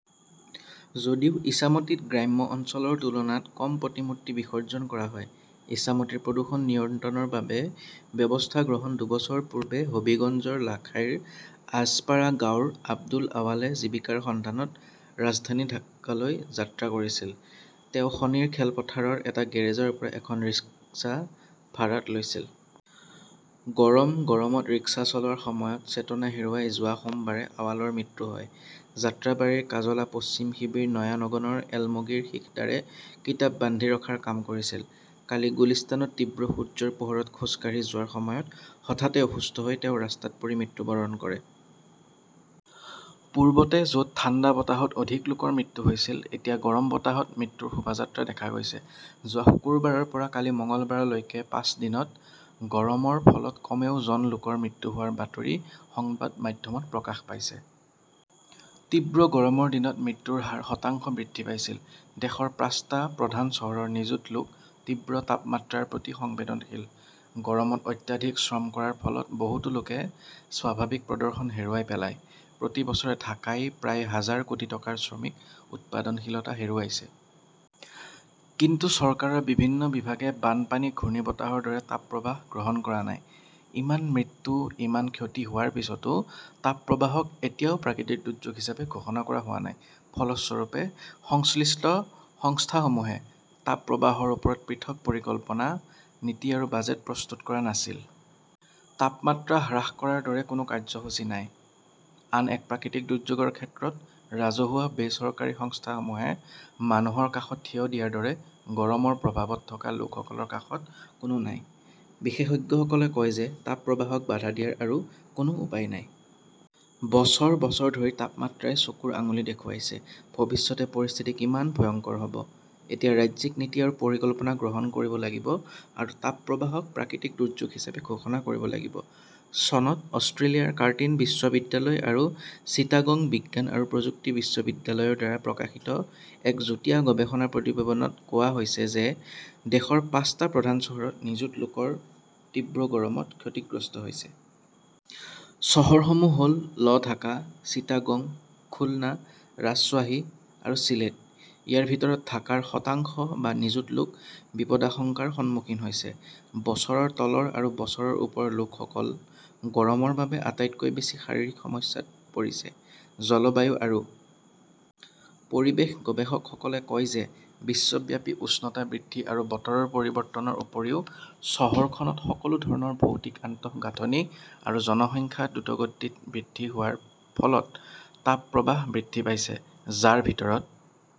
যদিও ইচামতীত গ্ৰাম্য অঞ্চলৰ তুলনাত কম প্ৰতিমূৰ্তি বিসৰ্জন কৰা হয়। ইছামতীৰ প্ৰদূষণ নিয়ন্ত্ৰণৰ বাবে ব্যৱস্থা গ্ৰহণ দুবছৰ পূৰ্বে হবীগঞ্জৰ লাখাইৰ আজপাৰাগাঁওৰ আব্দুল আৱালে জীৱিকাৰ সন্ধানত ৰাজধানী ঢাকালৈ যাত্ৰা কৰিছিল। তেওঁ শনিৰ খেলপথাৰৰ এটা গেৰেজৰ পৰা এখন ৰিক্সা ভাড়াত লৈছিল। গৰম গৰমত ৰিক্সা চলোৱাৰ সময়ত চেতনা হেৰুৱাই যোৱা সোমবাৰে আৱালৰ মৃত্যু হয়। যাত্ৰাবাৰীৰ কাজলা পশ্চিম শিবিৰ নয়ানগৰৰ এলমগিৰ শিখদাৰে কিতাপ বান্ধি ৰখাৰ কাম কৰিছিল। কালি গুলিস্তানত তীব্ৰ সূৰ্যৰ পোহৰত খোজ কাঢ়ি যোৱাৰ সময়ত হঠাতে অসুস্থ হৈ তেওঁ ৰাস্তাত পৰি মৃত্যুবৰণ কৰে। পূৰ্বতে য 'ত ঠাণ্ডা বতাহত অধিক লোকৰ মৃত্যু হৈছিল, এতিয়া গৰম বতাহত মৃত্যুৰ শোভাযাত্ৰা দেখা গৈছে। যোৱা শুকুৰবাৰৰ পৰা কালি মঙলবাৰলৈকে পাঁচ দিনত গৰমৰ ফলত কমেও জন লোকৰ মৃত্যু হোৱাৰ বাতৰি সংবাদ মাধ্যমত প্ৰকাশ পাইছে। তীব্ৰ গৰমৰ দিনত মৃত্যুৰ হাৰ শতাংশ বৃদ্ধি পাইছিল। দেশৰ পাঁচটা প্ৰধান চহৰৰ নিযুত লোক তীব্ৰ তাপমাত্ৰাৰ প্ৰতি সংবেদনশীল। গৰমত অত্যাধিক শ্ৰম কৰাৰ ফলত বহুতো লোকে স্বাভাৱিক প্ৰদৰ্শন হেৰুৱাই পেলায়। প্ৰতি বছৰে ঢাকাই প্ৰায় হাজাৰ কোটি টকাৰ শ্ৰমিক উৎপাদনশীলতা হেৰুৱাইছে। কিন্তু চৰকাৰৰ বিভিন্ন বিভাগে বানপানী-ঘূৰ্ণীবতাহৰ দৰে তাপপ্ৰবাহ গ্ৰহণ কৰা নাই। ইমান মৃত্যু, ইমান ক্ষতি হোৱাৰ পিছতো তাপপ্ৰবাহক এতিয়াও 'প্ৰাকৃতিক দুৰ্যোগ "হিচাপে ঘোষণা কৰা হোৱা নাই। ফলস্বৰূপে, সংশ্লিষ্ট সংস্থাসমূহে তাপ প্ৰবাহৰ ওপৰত পৃথক পৰিকল্পনা, নীতি আৰু বাজেট প্ৰস্তুত কৰা নাছিল। তাপমাত্ৰা হ্ৰাস কৰাৰ দৰে কোনো কাৰ্যসূচী নাই। আন এক প্ৰাকৃতিক দুৰ্যোগৰ ক্ষেত্ৰত ৰাজহুৱা-বেচৰকাৰী সংস্থাসমূহে মানুহৰ কাষত থিয় দিয়াৰ দৰে, গৰমৰ প্ৰভাৱত থকা লোকসকলৰ কাষত কোনো নাই। বিশেষজ্ঞসকলে কয় যে তাপ প্ৰবাহক বাধা দিয়াৰ আৰু কোনো উপায় নাই। বছৰ বছৰ ধৰি তাপমাত্ৰাই চকুৰ আঙুলি দেখুৱাইছে, ভৱিষ্যতে পৰিস্থিতি কিমান ভয়ংকৰ হ "ব। এতিয়া ৰাজ্যিক নীতি আৰু পৰিকল্পনা গ্ৰহণ কৰিব লাগিব আৰু তাপ প্ৰবাহক প্ৰাকৃতিক দুৰ্যোগ হিচাপে ঘোষণা কৰিব লাগিব। চনত অষ্ট্ৰেলিয়াৰ কাৰ্টিন বিশ্ববিদ্যালয় আৰু চিটাগং বিজ্ঞান আৰু প্ৰযুক্তি বিশ্ববিদ্যালয়ৰ দ্বাৰা প্ৰকাশিত এক যুটীয়া গৱেষণা প্ৰতিবেদনত কোৱা হৈছে যে দেশৰ পাঁচটা প্ৰধান চহৰত নিযুত লোক তীব্ৰ গৰমত ক্ষতিগ্ৰস্ত হৈছে। চহৰসমূহ হ "ল-ঢাকা, চিটাগং, খুলনা, ৰাজশ্বাহী আৰু চিলেট। ইয়াৰ ভিতৰত ঢাকাৰ শতাংশ বা নিযুত লোক বিপদাশংকাৰ সন্মুখীন হৈছে। বছৰৰ তলৰ আৰু বছৰৰ ওপৰৰ লোকসকল গৰমৰ বাবে আটাইতকৈ বেছি শাৰীৰিক সমস্যাত পৰিছে। জলবায়ু আৰু পৰিৱেশ গৱেষকসকলে কয় যে বিশ্বব্যাপী উষ্ণতা বৃদ্ধি আৰু বতৰৰ পৰিৱৰ্তনৰ উপৰিও চহৰখনত সকলো ধৰণৰ ভৌতিক আন্তঃগাঁথনি আৰু জনসংখ্যা দ্ৰুতগতিত বৃদ্ধি পোৱাৰ ফলত তাপ প্ৰৱাহ বৃদ্ধি পাইছে, যাৰ ভিতৰত